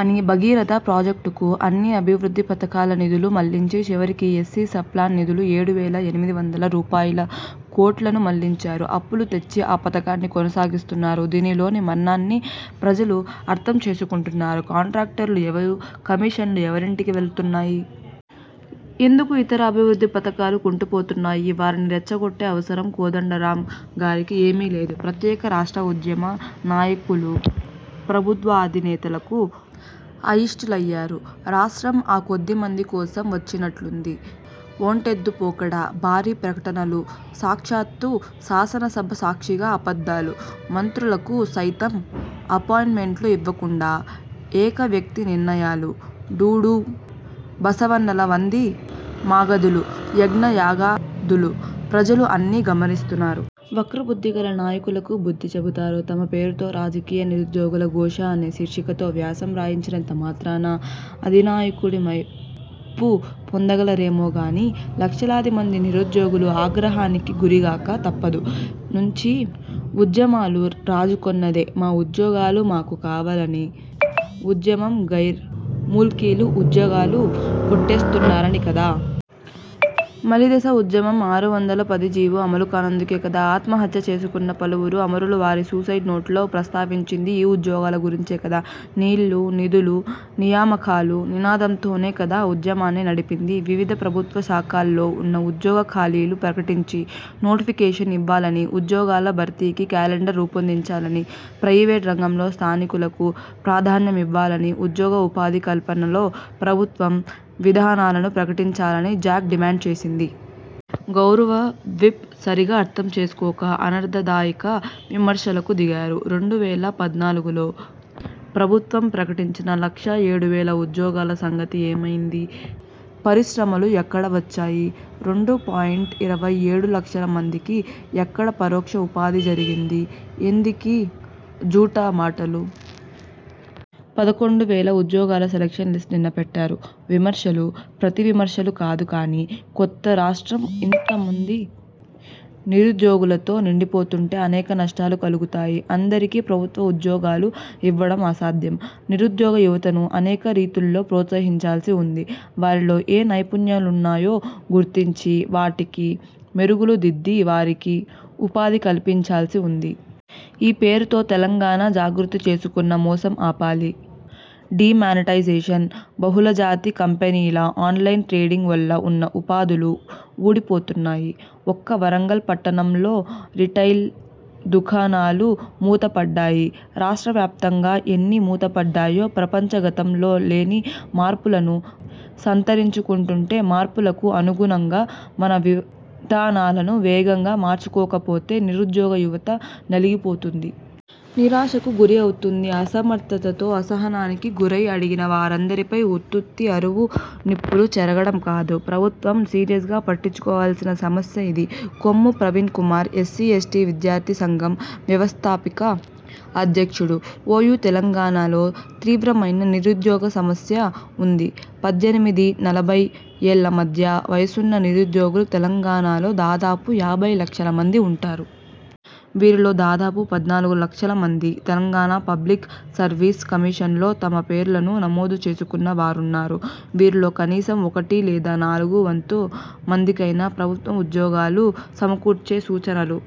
అని 'భగీరథ' ప్రాజెక్టుకు అన్ని అభివృద్ధి పథకాల నిధులు మళ్ళించి, చివరికి ఎస్సీ సబ్ ప్లాన్ నిధులు ఏడు వేల ఎనిమిది వందల రూపాయలుకోట్లను మళ్లించారు. అప్పులు తెచ్చి ఆ పథకాన్ని కొనసాగిస్తున్నారు. దీనిలోని మర్మాన్ని ప్రజలు అర్థం చేసుకుంటున్నారు. కాంట్రాక్టర్లు ఎవరు? కమీషన్లు ఎవరింటికి వెళ్తున్నాయి. ఎందుకు ఇతర అభివృద్ధి పథకాలు కుంటుపోతున్నాయి. వారిని రెచ్చగొట్టే అవసరం కోదండరామ్ గారికి ఏమీలేదు. ప్రత్యేక రాష్ట్ర ఉద్యమ నాయకులు ప్రభుత్వాధినేతలకు అయిష్టులయ్యారు. రాష్ట్రం 'ఆ కొద్దిమంది' కోసం వచ్చినట్లుంది. ఒంటెద్దుపోకడ, భారీ ప్రకటనలు, సాక్షాత్తు శాసనసభ సాక్షిగా అబద్ధాలు, మంత్రులకు సైతం అపాయింట్మెంట్లు ఇవ్వకుండా ఏక వ్యక్తి నిర్ణయాలు, డూడూ బసవన్నల వంది మాగదులు, యజ్ఞ యాగాదులు ప్రజలు అన్నీ గమనిస్తున్నారు. వక్రబుద్ధి గల నాయకులకు బుద్ధి చెబుతారు. తమ పేరుతో రాజకీయ నిరుద్యోగుల ఘోష అనే శీర్షికతో వ్యాసం రాయించినంత మాత్రాన అధినాయకుడి మెప్పు పొందగలరేమో గానీ లక్షలాది మంది నిరుద్యోగుల ఆగ్రహానికి గురికాక తప్పదు. నుంచి ఉద్యమాలు రాజుకొన్నదే 'మా ఉద్యోగాలు మాకు కావాలని ఉద్యమం గైర్ ముల్కీలు ఉద్యోగాలు కొట్టేస్తున్నారని కదా! మలిదశ ఉద్యమం ఆరు వందల పది జీవో అమలుకానందుకే కదా! ఆత్మహత్య చేసుకున్న పలువురు అమరులు వారి సూసైడ్ నోట్లో ప్రస్తావించింది ఈ ఉద్యోగాల గురించే కదా! 'నీళ్ళు, నిధులు, నియామకాలు' నినాదంతోనే కదా ఉద్యమాన్ని నడిపింది. 'వివిధ ప్రభుత్వ శాఖల్లో ఉన్న ఉద్యోగ ఖాళీలు ప్రకటించి, నోటిఫికేషన్ ఇవ్వాలనీ, ఉద్యోగాల భర్తీకి క్యాలెండర్ రూపొందించాలనీ, ప్రయివేటు రంగంలో స్థానికులకు ప్రాధాన్యమివ్వాలనీ, ఉద్యోగ ఉపాధి కల్పనలో ప్రభుత్వం విధానాలను ప్రకటించాలనీ' జాక్ డిమాండ్ చేసింది. గౌరవ విప్ సరిగా అర్థం చేసుకోక అనర్థదాయక విమర్శలకు దిగారు. రెండు వేల పద్నాలుగులో ప్రభుత్వం ప్రకటించిన లక్ష ఏడు వేల ఉద్యోగాల సంగతి ఏమైంది? పరిశ్రమలు ఎక్కడ వచ్చాయి. రెండు పాయింట్ ఇరవై ఏడు లక్షల మందికి ఎక్కడ పరోక్ష ఉపాధి జరిగింది? ఎందుకీ జూఠామాటలు. పదకొండు వేల ఉద్యోగాల సెలక్షన్ లిస్ట్ నిన్న పెట్టారు. విమర్శలు ప్రతి విమర్శలు కాదు కానీ, కొత్త రాష్ట్రం ఇంతమంది నిరుద్యోగులతో నిండిపోతుంటే అనేక నష్టాలు కలుగుతాయి. అందరికీ ప్రభుత్వ ఉద్యోగాలు ఇవ్వడం అసాధ్యం. నిరుద్యోగ యువతను అనేక రీతుల్లో ప్రోత్సహించాల్సి ఉంది. వారిలో ఏ నైపుణ్యాలున్నాయో గుర్తించి వాటికి మెరుగులు దిద్ది వారికి ఉపాధి కల్పించాల్సి ఉంది. ఈ పేరుతో తెలంగాణ జాగృతి చేసుకున్న మోసం ఆపాలి. డీమానిటైజేషన్, బహుళజాతి కంపెనీల ఆన్లైన్ ట్రేడింగ్ వల్ల ఉన్న ఉపాధులు ఊడిపోతున్నాయి. ఒక్క వరంగల్ పట్టణంలో రిటైల్ దుకాణాలు మూతపడ్డాయి. రాష్ట్రవ్యాప్తంగా ఎన్ని మూతపడ్డాయో. ప్రపంచ గతంలో లేని మార్పులను సంతరించుకుంటుంటే మార్పులకు అనుగుణంగా మన విధానాలను వేగంగా మార్చుకోకపోతే నిరుద్యోగ యువత నలిగిపోతుంది. నిరాశకు గురి అవుతుంది. అసమర్థతతో అసహనానికి గురై అడిగిన వారందరిపై ఉత్తుత్తి అరువు నిప్పులు చెరగడం కాదు, ప్రభుత్వం సీరియస్గా పట్టించుకోవలసిన సమస్య ఇది. కొమ్ము ప్రవీణ్ కుమార్ఎస్సీ, ఎస్టీ విద్యార్థి సంఘం వ్యవస్థాపక అధ్యక్షుడు, ఓయూ తెలంగాణలో తీవ్రమైన నిరుద్యోగ సమస్య ఉంది. పద్దెనిమిది నలభై ఏళ్ళ మధ్య వయసున్న నిరుద్యోగులు తెలంగాణలో దాదాపు యాభై లక్షల మంది ఉంటారు. వీరిలో దాదాపు పద్నాలుగులక్షల మంది తెలంగాణ పబ్లిక్ సర్వీసెస్ కమిషన్లో తమ పేర్లను నమోదు చేసుకున్న వారున్నారు. వీరిలో కనీసం ఒకటి లేదా నాలుగు వంతు మందికైనా ప్రభుత్వం ఉద్యోగాలు సమకూర్చే సూచనలు